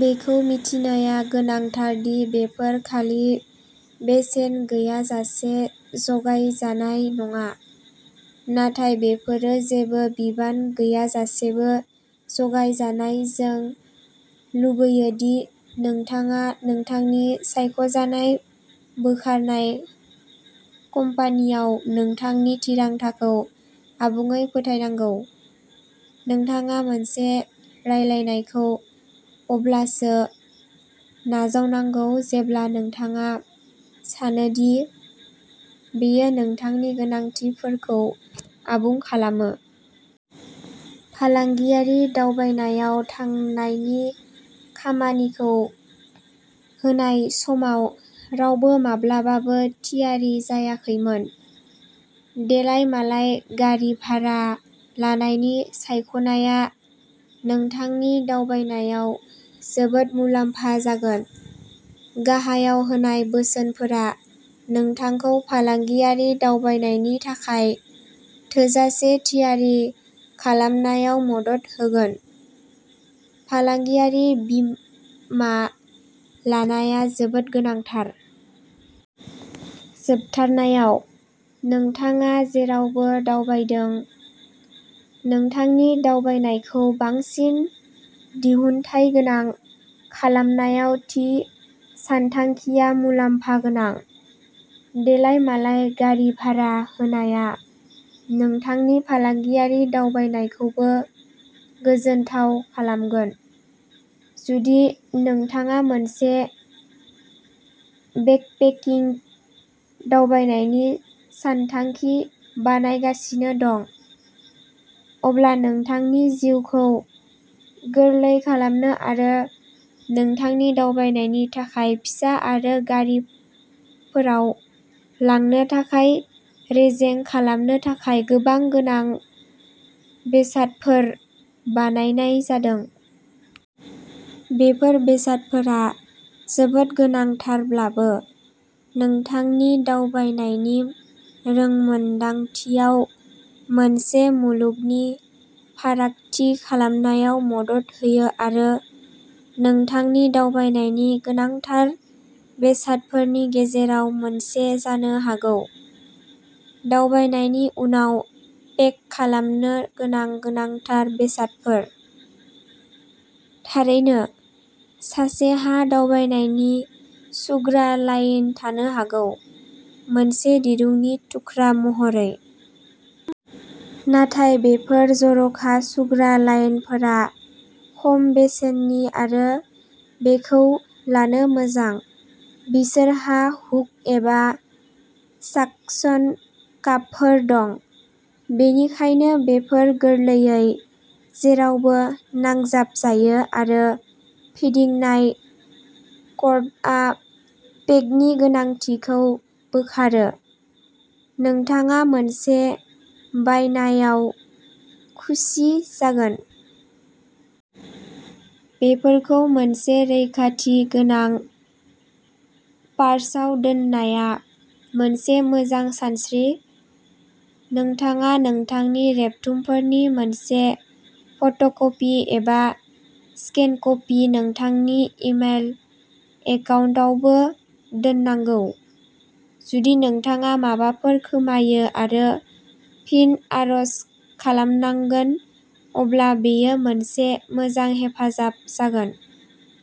बेखौ मिथिनाया गोनांथार दि बेफोर खालि बेसेन गैयाजासे जगायजानाय नङा। नाथाय बेफोरो जेबो बिबान गैयाजासेबो जगायजानाय। जों लुबैयो दि नोंथाङा नोंथांनि सायख'जानाय बोखारनाय कम्पानिआव नोंथांनि थिरांथाखौ आबुङै फोथायनांगौ। नोंथाङा मोनसे रायलायनायखौ अब्लासो नाजावनांगौ जेब्ला नोंथाङा सानो दि बेयो नोंथांनि गोनांथिफोरखौ आबुं खालामो। फालांगियारि दावबायनायाव थांनायनि खामानिखौ होनाय समाव रावबो माब्लाबाबो थियारि जायाखैमोन। देलायमालाय गारि भारा लानायनि सायख'नाया नोंथांनि दावबायनायाव जोबोद मुलाम्फा जागोन। गाहायाव होनाय बोसोनफोरा नोंथांखौ फालांगियारि दावबायनायनि थाखाय थोजासे थियारि खालामनायाव मदद होगोन। फालांगियारि बीमा लानाया जोबोद गोनांथार। जोबथारनायाव, नोंथाङा जेरावबो दावबायदों, नोंथांनि दावबायनायखौ बांसिन दिहुनथायगोनां खालामनायाव थि सानथांखिया मुलाम्फा गोनां। देलायमालाय गारि भारा होनाया नोंथांनि फालांगियारि दावबायनायखौबो गोजोनथाव खालामगोन। जुदि नोंथाङा मोनसे बेकपेकिंग दावबायनायनि सानथांखि बानायगासिनो दं, अब्ला नोंथांनि जिउखौ गोरलै खालामनो आरो नोंथांनि दावबायनायनि थाखाय फिसा आरो गारिफोराव लांनो थाखाय रेजें खालामनो थाखाय गोबां गोनां बेसादफोर बानायनाय जादों। बेफोर बेसादफोरा जोबोद गोनांथारब्लाबो, नोंथांनि दावबायनायनि रोंमोनदांथियाव मोनसे मुलुगनि फारागथि खालामनायाव मदद होयो आरो नोंथांनि दावबायनायनि'गोनांथार'बेसादफोरनि गेजेराव मोनसे जानो हागौ। दावबायनायनि उनाव पेक खालामनो गोनां गोनांथार बेसादफोर। थारैनो, सासेहा दावबायनायनि सुग्रा लाइन थानो हागौ, मोनसे दिरुंनि थुख्रा महरै। नाथाय बेफोर जर'खा सुग्रा लाइनफोरा खम बेसेननि आरो बेखौ लानो मोजां। बिसोरहा हुक एबा साकसन कापफोर दं, बेनिखायनो बेफोर गोरलैयै जेरावबो नांजाबजायो आरो फिदिंनाय कर्डआ पेगनि गोनांथिखौ बोखारो। नोंथाङा मोनसे बायनायाव खुसि जागोन! बेफोरखौ मोनसे रैखाथि गोनां पार्साव दोननाया मोनसे मोजां सानस्रि। नोंथाङा नोंथांनि रेबथुमफोरनि मोनसे फट'कपि एबा स्केन कपि नोंथांनि इमेल एकाउन्टावबो दोननांगौ; जुदि नोंथाङा माबाफोर खोमायो आरो फिन आर'ज खालामनांगोन अब्ला बेयो मोनसे मोजां हेफाजाब जागोन।